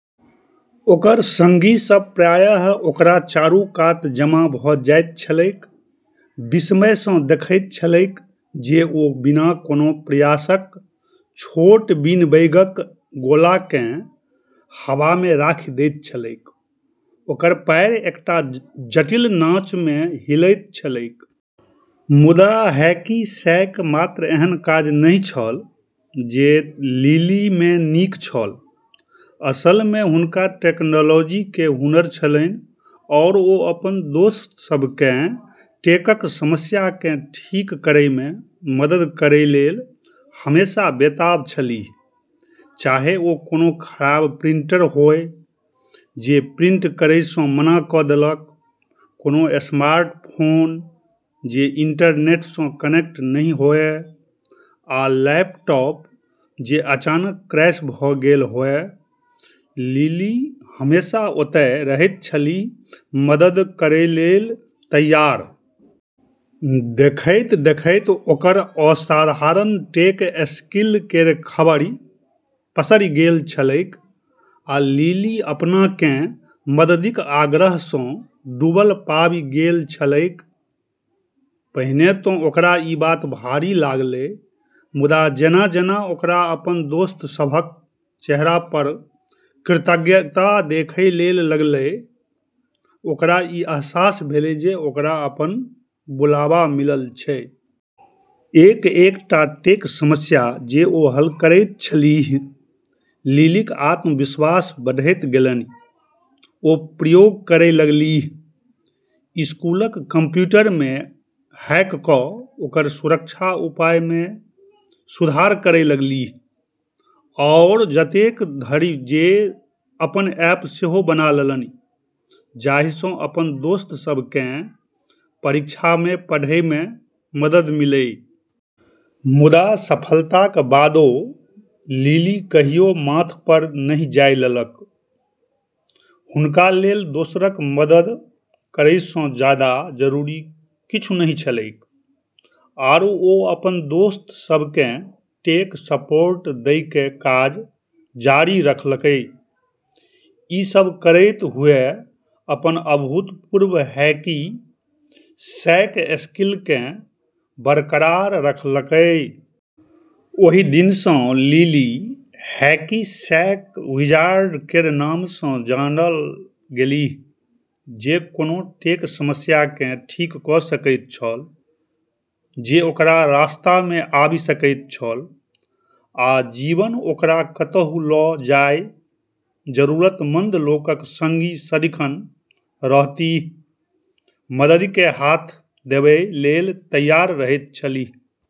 ओकर संगी सभ प्रायः ओकरा चारू कात जमा भऽ जाइत छलैक, विस्मयसँ देखैत छलैक जे ओ बिना कोनो प्रयासक छोट बीनबैगक गोलाकेँ हवामे राखि दैत छलैक, ओकर पैर एकटा जटिल नाचमे हिलैत छलैक। मुदा हैकी-सैक मात्र एहन काज नहि छल जे लिलीमे नीक छल। असलमे हुनका टेक्नोलॉजीके हुनर छलन्हि आओर ओ अपन दोस्त सभकेँ टेकक समस्याकेँ ठीक करैमे मदद करै लेल हमेशा बेताब छलीह। चाहे ओ कोनो खराब प्रिंटर होअए जे प्रिंट करैसँ मना कऽ देलक, कोनो स्मार्टफोन जे इंटरनेटसँ कनेक्ट नहि होअए, वा लैपटॉप जे अचानक क्रैश भऽ गेल होअए, लिली हमेशा ओतए रहैत छलीह, मदद करै लेल तैयार। देखैत-देखैत ओकर असाधारण टेक स्किल केर खबरि पसरि गेल छलैक, आ लिली अपनाकेँ मददिक आग्रहसँ डूबल पाबि गेल छलैक। पहिने तऽ ओकरा ई बात भारी लागलै, मुदा जेना-जेना ओकरा अपन दोस्त सभक चेहरापर कृतज्ञता देखै लेल लगलै, ओकरा ई अहसास भेलै जे ओकरा अपन बुलावा मिलल छै। एक-एकटा टेक समस्या जे ओ हल करैत छलीह, लिलीक आत्मविश्वास बढ़ैत गेलनि। ओ प्रयोग करै लगलीह, स्कूलक कंप्यूटरमे हैक कऽ ओकर सुरक्षा उपायमे सुधार करै लगलीह, आओर एतेक धरि जे अपन ऐप सेहो बना लेलनि जाहिसँ अपन दोस्त सभकेँ परीक्षामे पढ़ैमे मदद मिलै। मुदा सफलताक बादो लिली कहियो माथपर नहि जाइ लेलक। हुनका लेल दोसरक मदद करैसँ जादा जरूरी किछु नहि छलैक, आरू ओ अपन दोस्त सभकेँ टेक सपोर्ट दैके काज जारी रखलकै, ई सब करैत हुअए अपन अभूतपूर्व हैकी-सैक स्किलकेँ बरकरार रखलकै। ओहि दिनसँ लिली 'हैकी-सैक विज़ार्ड' केर नामसँ जानल गेलीह जे कोनो टेक समस्याकेँ ठीक कऽ सकैत छल जे ओकरा रास्तामे आबि सकैत छल। आ जीवन ओकरा कतहु लऽ जाए, जरूरतमंद लोकक संगी सदिखन रहतीह, मददि के हाथ देबै लेल तैयार रहैत छलीह।